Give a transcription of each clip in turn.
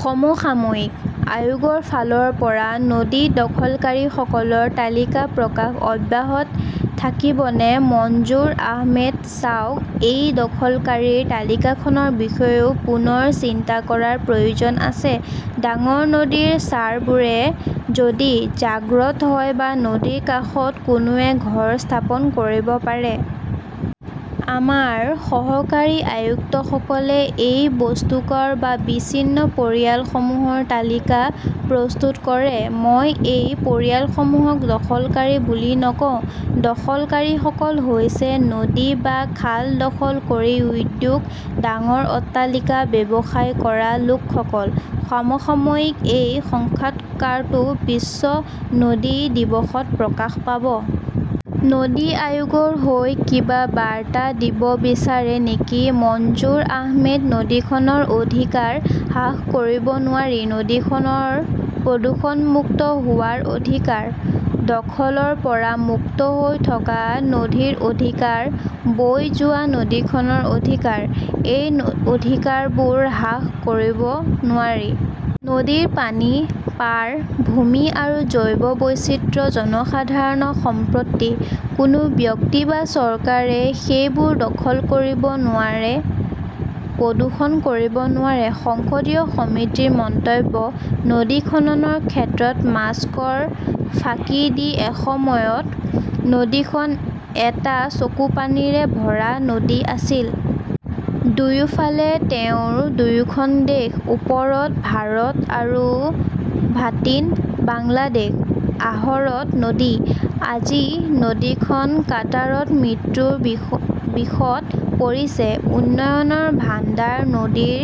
সমসাময়িকঃ আয়োগৰ ফালৰ পৰা নদী দখলকাৰীসকলৰ তালিকা প্ৰকাশ অব্যাহত থাকিবনে মনজুৰ আহমেদঃ চাওক, এই দখলকাৰীৰ তালিকাখনৰ বিষয়েও পুনৰ চিন্তা কৰাৰ প্ৰয়োজন আছে। ডাঙৰ নদীৰ চাৰবোৰে যদি জাগ্ৰত হয় বা নদীৰ কাষত কোনোৱে ঘৰ স্থাপন কৰিব পাৰে। আমাৰ সহকাৰী আয়ুক্তসকলে এই বস্তুকৰ বা বিচ্ছিন্ন পৰিয়ালসমূহৰ তালিকা প্ৰস্তুত কৰে। মই এই পৰিয়ালসমূহক দখলকাৰী বুলি নকওঁ। দখলকাৰীসকল হৈছে নদী বা খাল দখল কৰি উদ্যোগ, ডাঙৰ অট্টালিকা, ব্যৱসায় কৰা লোকসকল। সমসাময়িকঃ এই সংক্ষাৎকাৰটো বিশ্ব নদী দিৱসত প্ৰকাশ পাব। নদী আয়োগৰ হৈ কিবা বাৰ্তা দিব বিচাৰে নেকি মনজুৰ আহমেদঃ নদীখনৰ অধিকাৰ হ্ৰাস কৰিব নোৱাৰি। নদীখনৰ প্ৰদূষণমুক্ত হোৱাৰ অধিকাৰ। দখলৰ পৰা মুক্ত হৈ থকা নদীৰ অধিকাৰ। বৈ যোৱা নদীখনৰ অধিকাৰ। এই অধিকাৰবোৰ হ্ৰাস কৰিব নোৱাৰি। নদীৰ পানী, পাৰ, ভূমি আৰু জৈৱ বৈচিত্ৰ্য জনসাধাৰণৰ সম্পত্তি। কোনো ব্যক্তি বা চৰকাৰে সেইবোৰ দখল কৰিব নোৱাৰে, প্ৰদূষণ কৰিব নোৱাৰে। সংসদীয় সমিতিৰ মন্তব্যঃ নদী খননৰ ক্ষেত্ৰত মাস্কৰ ফাঁকি দি এসময়ত, নদীখন এটা চকুপানীৰে ভৰা নদী আছিল। দুয়োফালে তেওঁৰ দুয়োখন দেশ। ওপৰত ভাৰত আৰু ভাটীত বাংলাদেশ। আহৰত নদী! আজি নদীখন কাটাৰত মৃত্যুৰ বিষত পৰিছে। উন্নয়নৰ ভাণ্ডাৰ নদীৰ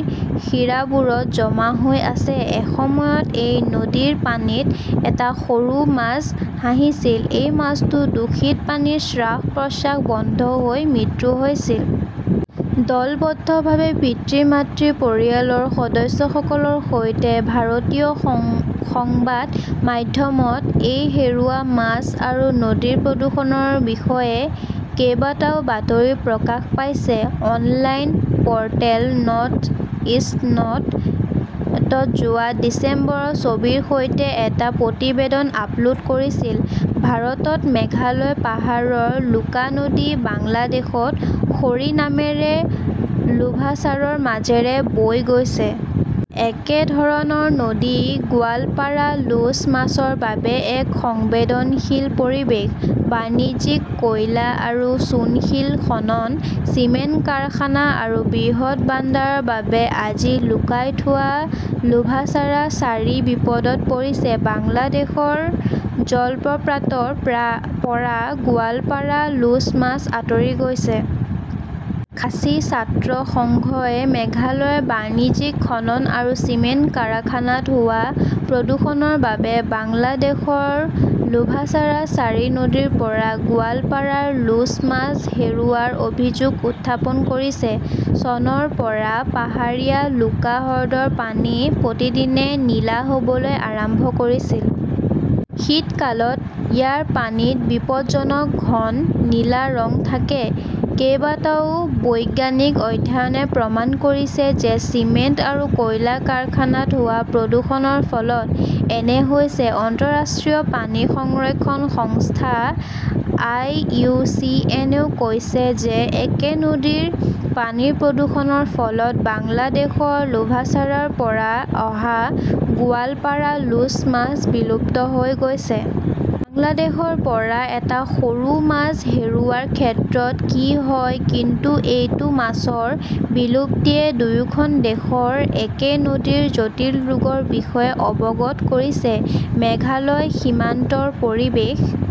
শিৰাবোৰত জমা হৈ আছে। এসময়ত এই নদীৰ পানীত এটা সৰু মাছ হাঁহিছিল। এই মাছটো দূষিত পানীত শ্বাস-প্ৰশ্বাস বন্ধ হৈ মৃত্যু হৈছিল। দলবদ্ধভাৱে, পিতৃ-মাতৃ, পৰিয়ালৰ সদস্যসকলৰ সৈতে। ভাৰতীয় সং সংবাদ মাধ্যমত এই হেৰুওৱা মাছ আৰু নদীৰ প্ৰদূষণৰ বিষয়ে কেইবাটাও বাতৰি প্ৰকাশ পাইছে। অনলাইন প’ৰ্টেল নৰ্থইষ্টনট এ যোৱা ডিচেম্বৰত ছবিৰ সৈতে এটা প্ৰতিবেদন আপলোড কৰিছিল। ভাৰতৰ মেঘালয় পাহাৰৰ লুকা নদী বাংলাদেশত সৰী নামেৰে লোভাছাৰাৰ মাজেৰে বৈ গৈছে। একেধৰণৰ নদী 'গোৱালপাড়া লোচ "মাছৰ বাবে এক সংবেদনশীল পৰিৱেশ। বাণিজ্যিক কয়লা আৰু চূণশিল খনন, চিমেণ্ট কাৰখানা আৰু বৃহৎ বান্ধাৰ বাবে আজি লুকাই থোৱা লোভাছাৰা-ছাৰী বিপদত পৰিছে। বাংলাদেশৰ জলপ্ৰপাতৰ প্ৰা পৰা 'গোৱালপাৰা লোচ মাছ আঁতৰি গৈছে। খাচী ছাত্ৰ সংঘই মেঘালয়ৰ বাণিজ্যিক খনন আৰু চিমেণ্ট কাৰখানাত হোৱা প্ৰদূষণৰ বাবে বাংলাদেশৰ লোভাচাৰা-ছাৰী নদীৰ পৰা 'গোৱালপাৰা লোচ "মাছ হেৰুওৱাৰ অভিযোগ উত্থাপন কৰিছে। চনৰ পৰা পাহাৰীয়া লুকা হ্ৰদৰ পানী প্ৰতিদিনে নীলা হ 'বলৈ আৰম্ভ কৰিছিল। শীতকালত ইয়াৰ পানীত বিপদজনক ঘন নীলা ৰং থাকে। কেইবাটাও বৈজ্ঞানিক অধ্যয়নে প্ৰমাণ কৰিছে যে চিমেণ্ট আৰু কয়লা কাৰখানাত হোৱা প্ৰদূষণৰ ফলত এনে হৈছে। অন্তঃৰাষ্ট্ৰীয় পাণী সংৰক্ষণ সংস্থা আই. ইউ. চি. এন. ও কৈছে যে একে নদীৰ পানীৰ প্ৰদূষণৰ ফলত বাংলাদেশৰ লোভাচাৰাৰ পৰা অহা গোৱালপাড়া লোচ মাছ বিলুপ্ত হৈ গৈছে। বাংলাদেশৰ পৰা এটা সৰু মাছ হেৰুওৱাৰ ক্ষেত্ৰত কি হয় কিন্তু এইটো মাছৰ বিলুপ্তিয়ে দুয়োখন দেশৰ একে নদীৰ জটিল ৰোগৰ বিষয়ে অৱগত কৰিছে। মেঘালয় সীমান্তৰ পৰিৱেশ